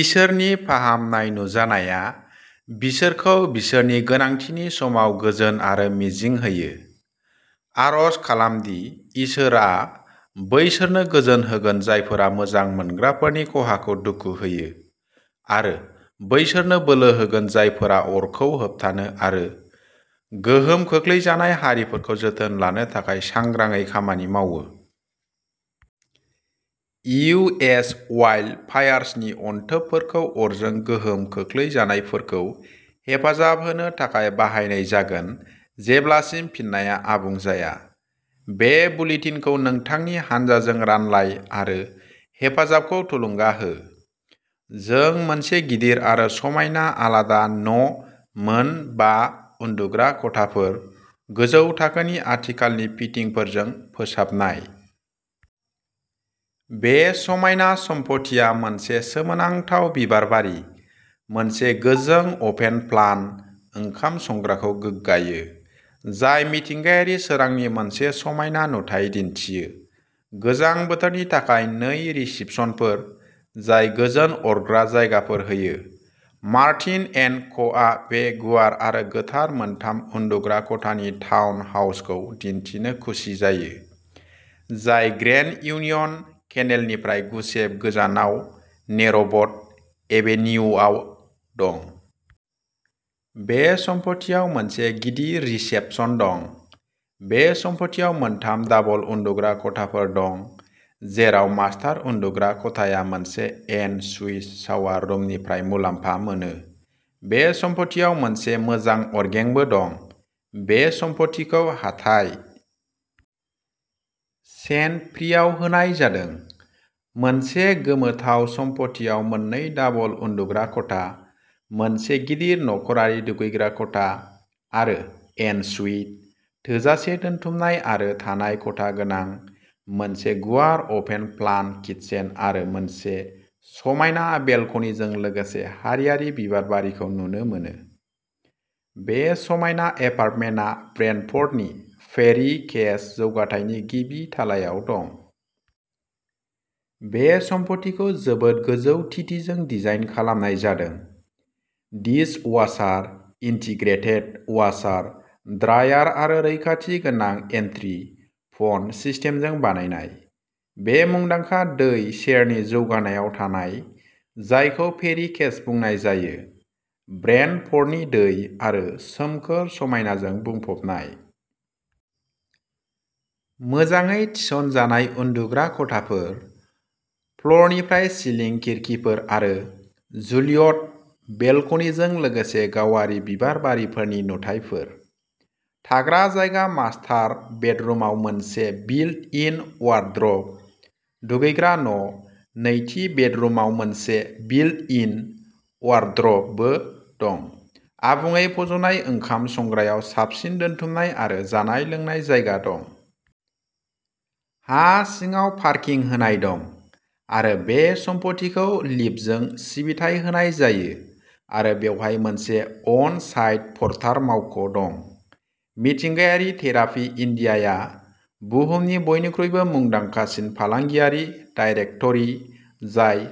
इसोरनि फाहामनाय नुजानाया बिसोरखौ बिसोरनि गोनांथिनि समाव गोजोन आरो मिजिं होयो। आरज खालामदि इसोरआ बैसोरनो गोजोन होगोन जायफोरा मोजां मोनग्राफोरनि खहाखौ दुखु होयो आरो बैसोरनो बोलो होगोन जायफोरा अरखौ होबथानो आरो गोहोम खोख्लैजानाय हारिफोरखौ जोथोन लानो थाखाय सांग्राङै खामानि मावो। इउ एस अवाइल्ड फायार्सनि अनथोबफोरखौ अरजों गोहोम खोख्लैजानायफोरखौ हेफाजाब होनो थाखाय बाहायनाय जागोन जेब्लासिम फिननाया आबुं जाया। बे बुलेटिनखौ नोंथांनि हानजाजों रानलाय आरो हेफाजाबखौ थुलुंगा हो। जों मोनसे गिदिर आरो समायना आलादा न' मोन बा उन्दुग्रा खथाफोर, गोजौ थाखोनि आथिखालनि फिटिंफोरजों फोसाबनाय। बे समायना सम्फथिया मोनसे सोमोनांथाव बिबारबारि, मोनसे गोजों अपेन-प्लान ओंखाम संग्राखौ गोगगायो, जाय मिथिंगायारि सोरांनि मोनसे समायना नुथाय दिन्थियो। गोजां बोथोरनि थाखाय नै रिसेपसनफोर, जाय गोजोन अरग्रा जायगाफोर होयो। मार्टिन एन्ड क'आ बे गुवार आरो गोथार मोनथाम उन्दुग्रा खथानि टाउन हाउसखौ दिन्थिनो खुसि जायो, जाय ग्रेन्ड इउनियन केनेलनिफ्राय गुसेब गोजानाव नेर'बट एभेनियुआव दं। बे सम्फथिआव मोनसे गिदिर रिसेपसन दं। बे सम्फथिआव मोनथाम दाबल उन्दुग्रा खथाफोर दं, जेराव मास्टार उन्दुग्रा खथाया मोनसे एन सुइट सावार रुमनिफ्राय मुलाम्फा मोनो। बे सम्फथिआव मोनसे मोजां अरगेंबो दं। बे सम्फथिखौ हाथाइ चेन फ्रिआव होनाय जादों, मोनसे गोमोथाव सम्फथिआव मोननै दाबल उन्दुग्रा खथा, मोनसे गिदिर नखरारि दुगैग्रा खथा आरो एन सुइट, थोजासे दोनथुमनाय आरो थानाय खथा गोनां मोनसे गुवार अपेन प्लान किटचेन आरो मोनसे समायना बेलकनिजों लोगोसे हारियारि बिबारबारिखौ नुनो मोनो, बे समायना एपार्टमेन्टआ ब्रेन्टफ'र्डनि फेरि केस जौगाथायनि गिबि थालायाव दं। बे सम्फथिखौ जोबोद गोजौ थिथिजों डिजाइन खालामनाय जादों, डिस अवासार, इन्टिग्रेटेड अवासार, ड्रायार आरो रैखाथि गोनां एन्ट्रि फ'न सिस्टेमजों बानायनाय। बे मुंदांखा दै सेरनि जौगानायाव थानाय जायखौ फेरि केस बुंनाय जायो, ब्रेन्टफ'र्डनि दै आरो सोमखोर समायनाजों बुंफबनाय। मोजाङै थिसनजानाय उन्दुग्रा खथाफोर, फ्लरनिफ्राय सिलिं खिरखिफोर आरो जुलियट बेलकनिजों लोगोसे गावारि बिबारबारिफोरनि नुथायफोर। थाग्रा जायगा मास्टार बेडरुमाव मोनसे बिल्ट इन अवारद्रब, दुगैग्रा न', नैथि बेडरुमाव मोनसे बिल्ट इन अवारद्रब बो दं। आबुङै फज'नाय ओंखाम संग्रायाव साबसिन दोनथुमनाय आरो जानाय-लोंनाय जायगा दं। हा सिङाव पारकिं होनाय दं आरो बे सम्फथिखौ लिफ्टजों सिबिथाय होनाय जायो आरो बेवहाय मोनसे अन-साइट पर्टार मावख' दं। मिथिंगायारि थेरापि इन्डियाआ बुहुमनि बयनिख्रुइबो मुंदांखासिन फालांगियारि दाइरेक्टरि जाय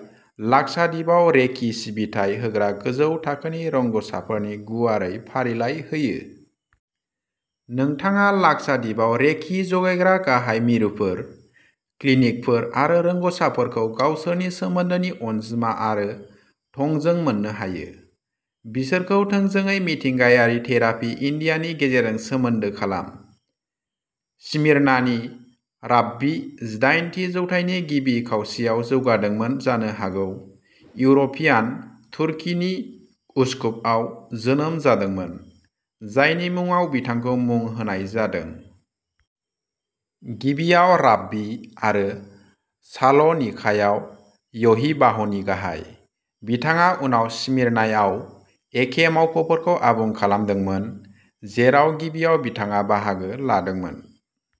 लाक्षाद्वीपआव रेकि सिबिथाय होग्रा गोजौ थाखोनि रोंग'सारफोरनि गुवारै फारिलाइ होयो। नोंथाङा लाक्षाद्वीपआव रेकि जगायग्रा गाहाय मिरुफोर, क्लिनिकफोर आरो रोंग'सारफोरखौ गावसोरनि सोमोन्दोनि अनजिमा आरो थंजों मोननो हायो। बिसोरखौ थोंजोङै मिथिंगायारि थेरापि इन्डियानि गेजेरजों सोमोन्दो खालाम। स्मिर्ना नि राब्बि जिदाइनथि जौथाइनि गिबि खावसेयाव जौगादोंमोन जानो हागौ इउर'पियान तुरकिनि उस्कुपआव जोनोम जादोंमोन, जायनि मुङाव बिथांखौ मुं होनाय जादों। गिबियाव राब्बि आरो साल'निकायाव य'हिबाहनि गाहाय, बिथाङा उनाव स्मिर्नाआव एखे मावख'फोरखौ आबुं खालामदोंमोन, जेराव गिबियाव बिथाङा बाहागो लादोंमोन।